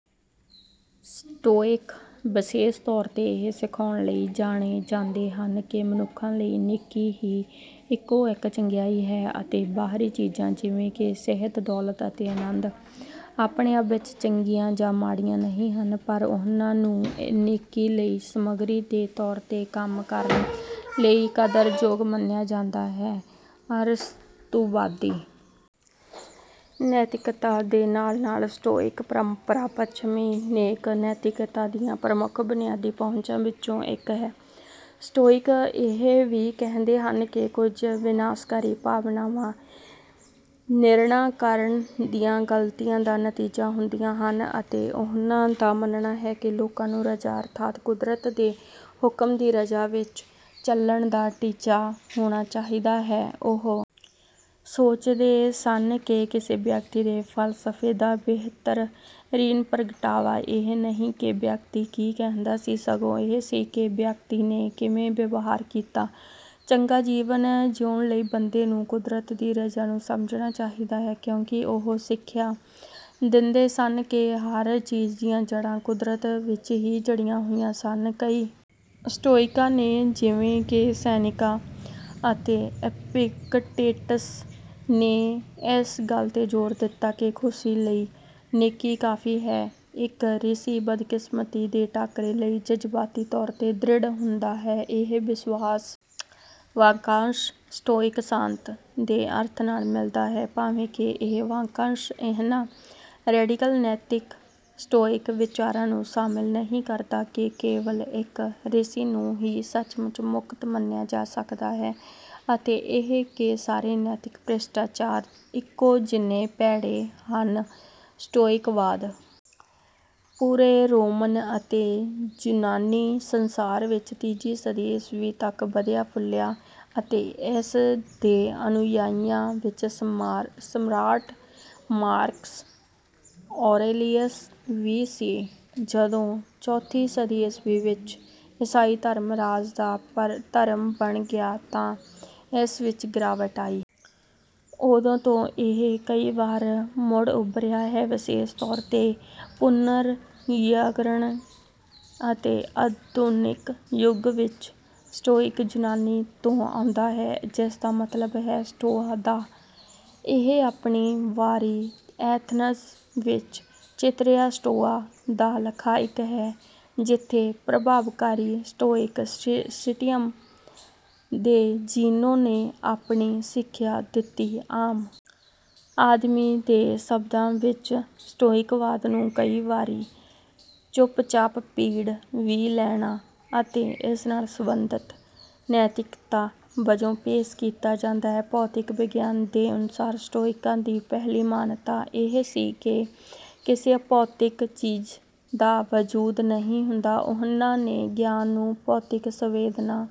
Stoic ਵਿਸ਼ੇਸ਼ ਤੌਰ ’ਤੇ ਇਹ ਸਿਖਾਉਣ ਲਈ ਜਾਣੇ ਜਾਂਦੇ ਹਨ ਕਿ ਮਨੁੱਖਾਂ ਲਈ “ਨੇਕੀ ਹੀ ਇਕੋ-ਇੱਕ ਚੰਗਿਆਈ ਹੈ” ਅਤੇ ਬਾਹਰੀ ਚੀਜ਼ਾਂ, ਜਿਵੇਂ ਕਿ ਸਿਹਤ, ਦੌਲਤ ਅਤੇ ਅਨੰਦ, ਆਪਣੇ ਆਪ ਵਿੱਚ ਚੰਗੀਆਂ ਜਾਂ ਮਾੜੀਆਂ ਨਹੀਂ ਹਨ, ਪਰ ਉਨ੍ਹਾਂ ਨੂੰ “ਨੇਕੀ ਲਈ ਸਮੱਗਰੀ ਦੇ ਤੌਰ ’ਤੇ ਕੰਮ ਕਰਨ” ਲਈ ਕਦਰਯੋਗ ਮੰਨਿਆ ਜਾਂਦਾ ਹੈ। ਅਰਸਤੂਵਾਦੀ ਨੈਤਿਕਤਾ ਦੇ ਨਾਲ-ਨਾਲ, ਸਟੋਇਕ ਪਰੰਪਰਾ ਪੱਛਮੀ ਨੇਕ ਨੈਤਿਕਤਾ ਦੀਆਂ ਪ੍ਰਮੁੱਖ ਬੁਨਿਆਦੀ ਪਹੁੰਚਾਂ ਵਿੱਚੋਂ ਇੱਕ ਹੈ। ਸਟੋਇਕ ਇਹ ਵੀ ਕਹਿੰਦੇ ਹਨ ਕਿ ਕੁਝ ਵਿਨਾਸ਼ਕਾਰੀ ਭਾਵਨਾਵਾਂ ਨਿਰਣਾ ਕਰਨ ਦੀਆਂ ਗਲਤੀਆਂ ਦਾ ਨਤੀਜਾ ਹੁੰਦੀਆਂ ਹਨ ਅਤੇ ਉਹਨਾਂ ਦਾ ਮੰਨਣਾ ਹੈ ਕਿ ਲੋਕਾਂ ਨੂੰ ਰਜ਼ਾ, ਅਰਥਾਤ “ਕੁਦਰਤ ਦੇ ਹੁਕਮ ਦੀ ਰਜ਼ਾ ਵਿੱਚ” ਚੱਲਣ ਦਾ ਟੀਚਾ ਹੋਣਾ ਚਾਹੀਦਾ ਹੈ। ਉਹ ਸੋਚਦੇ ਸਨ ਕਿ ਕਿਸੇ ਵਿਅਕਤੀ ਦੇ ਫ਼ਲਸਫ਼ੇ ਦਾ ਬਿਹਤਰੀਨ ਪ੍ਰਗਟਾਵਾ ਇਹ ਨਹੀਂ ਕਿ ਵਿਅਕਤੀ ਕੀ ਕਹਿੰਦਾ ਸੀ, ਸਗੋਂ ਇਹ ਸੀ ਕਿ ਵਿਅਕਤੀ ਨੇ ਕਿਵੇਂ ਵਿਵਹਾਰ ਕੀਤਾ। ਚੰਗਾ ਜੀਵਨ ਜੀਉਣ ਲਈ ਬੰਦੇ ਨੂੰ ਕੁਦਰਤ ਦੀ ਰਜ਼ਾ ਨੂੰ ਸਮਝਣਾ ਚਾਹੀਦਾ ਹੈ, ਕਿਉਂਕਿ ਉਹ ਸਿੱਖਿਆ ਦਿੰਦੇ ਸਨ ਕਿ ਹਰ ਚੀਜ਼ ਦੀਆਂ ਜੜ੍ਹਾਂ ਕੁਦਰਤ ਵਿੱਚ ਹੀ ਜੜ੍ਹੀਆਂ ਹੋਈਆਂ ਸਨ। ਕਈ ਸਟੋਇਕਾਂ ਨੇ, ਜਿਵੇਂ ਕਿ ਸੇਨੇਕਾ ਅਤੇ ਇਪਿਕਟੇਟਸ ਨੇ, ਇਸ ਗੱਲ ’ਤੇ ਜ਼ੋਰ ਦਿੱਤਾ ਕਿ “ਖੁਸ਼ੀ ਲਈ ਨੇਕੀ ਕਾਫ਼ੀ ਹੈ।” ਇੱਕ ਰਿਸ਼ੀ ਬਦਕਿਸਮਤੀ ਦੇ ਟਾਕਰੇ ਲਈ ਜਜ਼ਬਾਤੀ ਤੌਰ ’ਤੇ ਦ੍ਰਿੜ੍ਹ ਹੁੰਦਾ ਹੈ। ਇਹ ਵਿਸ਼ਵਾਸ ਵਾਕੰਸ਼ “ਸਟੋਇਕ ਸ਼ਾਂਤ” ਦੇ ਅਰਥ ਨਾਲ ਮਿਲਦਾ ਹੈ, ਭਾਵੇਂ ਕਿ ਇਹ ਵਾਕੰਸ਼ ਇਨ੍ਹਾਂ “ਰੈਡੀਕਲ ਨੈਤਿਕ” ਸਟੋਇਕ ਵਿਚਾਰਾਂ ਨੂੰ ਸ਼ਾਮਲ ਨਹੀਂ ਕਰਦਾ ਕਿ ਕੇਵਲ ਇੱਕ ਰਿਸ਼ੀ ਨੂੰ ਹੀ ਸੱਚਮੁੱਚ ਮੁਕਤ ਮੰਨਿਆ ਜਾ ਸਕਦਾ ਹੈ ਅਤੇ ਇਹ ਕਿ ਸਾਰੇ ਨੈਤਿਕ ਭ੍ਰਿਸ਼ਟਾਚਾਰ ਇੱਕੋ ਜਿੰਨੇ ਭੈੜੇ ਹਨ। ਸਟੋਇਕਵਾਦ ਪੂਰੇ ਰੋਮਨ ਅਤੇ ਯੂਨਾਨੀ ਸੰਸਾਰ ਵਿੱਚ ਤੀਜੀ ਸਦੀ ਈਸਵੀ ਤੱਕ ਵਧਿਆ-ਫੁੱਲਿਆ ਅਤੇ ਇਸ ਦੇ ਅਨੁਯਾਈਆਂ ਵਿੱਚ ਸਮਰਾਟ ਮਾਰਕਸ ਔਰੇਲੀਅਸ ਵੀ ਸੀ। ਜਦੋਂ ਚੌਥੀ ਸਦੀ ਈਸਵੀ ਵਿੱਚ ਈਸਾਈ ਧਰਮ ਰਾਜ ਦਾ ਧਰਮ ਬਣ ਗਿਆ, ਤਾਂ ਇਸ ਵਿੱਚ ਗਿਰਾਵਟ ਆਈ। ਉਦੋਂ ਤੋਂ ਇਹ ਕਈ ਵਾਰ ਮੁੜ ਉਭਰਿਆ ਹੈ, ਵਿਸ਼ੇਸ਼ ਤੌਰ ’ਤੇ ਪੁਨਰਜਾਗਰਣ ਅਤੇ ਆਧੁਨਿਕ ਯੁੱਗ ਵਿੱਚ। ਸਟੋਇਕ ਯੂਨਾਨੀ ਤੋਂ ਆਉਂਦਾ ਹੈ, ਜਿਸ ਦਾ ਮਤਲਬ ਹੈ “ਸਟੋਆ ਦਾ”। ਇਹ ਆਪਣੀ ਵਾਰੀ ਐਥਨਜ਼ ਵਿੱਚ “ਚਿਤਰਿਆ ਸਟੋਆ” ਦਾ ਲਖਾਇਕ ਹੈ, ਜਿੱਥੇ ਪ੍ਰਭਾਵਕਾਰੀ ਸਟੋਇਕ ਸਿਟੀਅਮ ਦੇ ਜ਼ੀਨੋ ਨੇ ਆਪਣੀ ਸਿੱਖਿਆ ਦਿੱਤੀ। ਆਮ ਆਦਮੀ ਦੇ ਸ਼ਬਦਾਂ ਵਿੱਚ ਸਟੋਇਕਵਾਦ ਨੂੰ ਕਈ ਵਾਰੀ “ਚੁੱਪਚਾਪ ਪੀੜ ਵੀ ਲੈਣਾ” ਅਤੇ ਇਸ ਨਾਲ ਸੰਬੰਧਿਤ ਨੈਤਿਕਤਾ ਵਜੋਂ ਪੇਸ਼ ਕੀਤਾ ਜਾਂਦਾ ਹੈ। ਭੌਤਿਕ ਵਿਗਿਆਨ ਦੇ ਅਨੁਸਾਰ, ਸਟੋਇਕਾਂ ਦੀ ਪਹਿਲੀ ਮਾਨਤਾ ਇਹ ਸੀ ਕਿ ਕਿਸੇ ਅਭੌਤਿਕ ਚੀਜ਼ ਦਾ ਵਜੂਦ ਨਹੀਂ ਹੁੰਦਾ। ਉਨ੍ਹਾਂ ਨੇ ਗਿਆਨ ਨੂੰ ਭੌਤਿਕ ਸੰਵੇਦਨਾ…